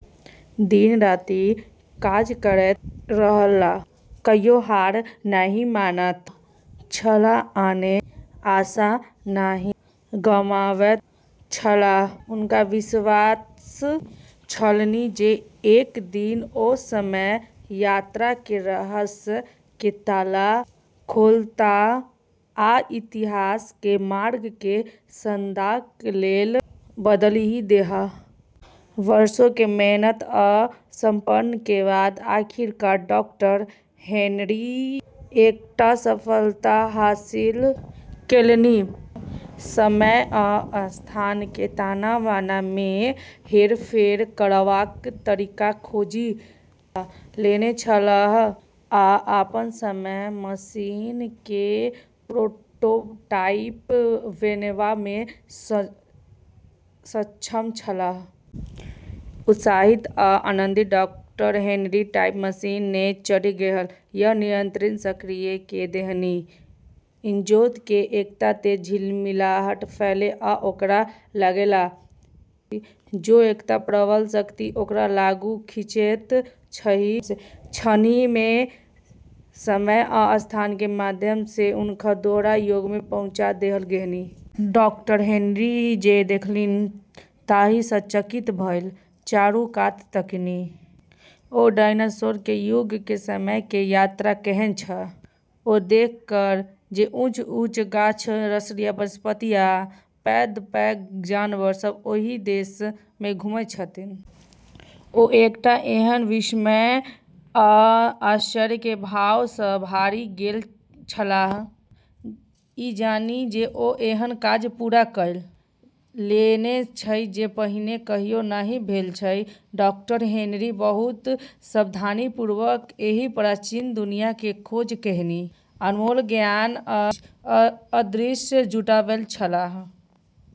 दिन-राति काज करैत रहलाह, कहियो हार नहि मानैत छलाह आ ने आशा नहि गमाबैत छलाह। हुनका विश्वास छलनि जे एक दिन ओ समय यात्रा के रहस्य के ताला खोलताह आ इतिहास के मार्ग केँ सदाक लेल बदलि देताह। वर्षों के मेहनत आ समर्पण के बाद आखिरकार डॉ. हेनरी एकटा सफलता हासिल केलनि। समय आ स्थान के ताना-बाना मे हेरफेर करबाक तरीका खोजि लेने छलाह, आ अपन समय मशीन के प्रोटोटाइप बनेबा मे सक्षम छलाह। उत्साहित आ आनन्दित डॉ. हेनरी टाइम मशीन मे चढ़ि गेलाह आ नियंत्रण सक्रिय क' देलनि। इजोत के एकटा तेज झिलमिलाहट भेलै आ ओकरा लागलै जे एकटा प्रबल शक्ति ओकरा आगू खींचैत अछि। क्षणहि मे समय आ स्थान के माध्यम से हुनका दोसर युग मे पहुँचा देल गेलनि। डॉ. हेनरी जे देखलनि ताहि सँ चकित भ' चारू कात तकलनि। ओ डायनासोर के युग के समय के यात्रा कएने छलाह। ओ देखलक जे ऊँच-ऊँच गाछ आ रसीला वनस्पति आ पैघ-पैघ जानवर सब ओहि देश मे घुमैत अछि। ओ एकटा एहन विस्मय आ आश्चर्य के भाव सँ भरि गेल छलाह, ई जानि जे ओ एहन काज पूरा क' लेने छथि जे पहिने कहियो नहि भेल छल। डॉ. हेनरी बहुत सावधानीपूर्वक एहि प्राचीन दुनिया के खोज केलनि, अनमोल ज्ञान आ अंतर्दृष्टि जुटाबैत छलाह।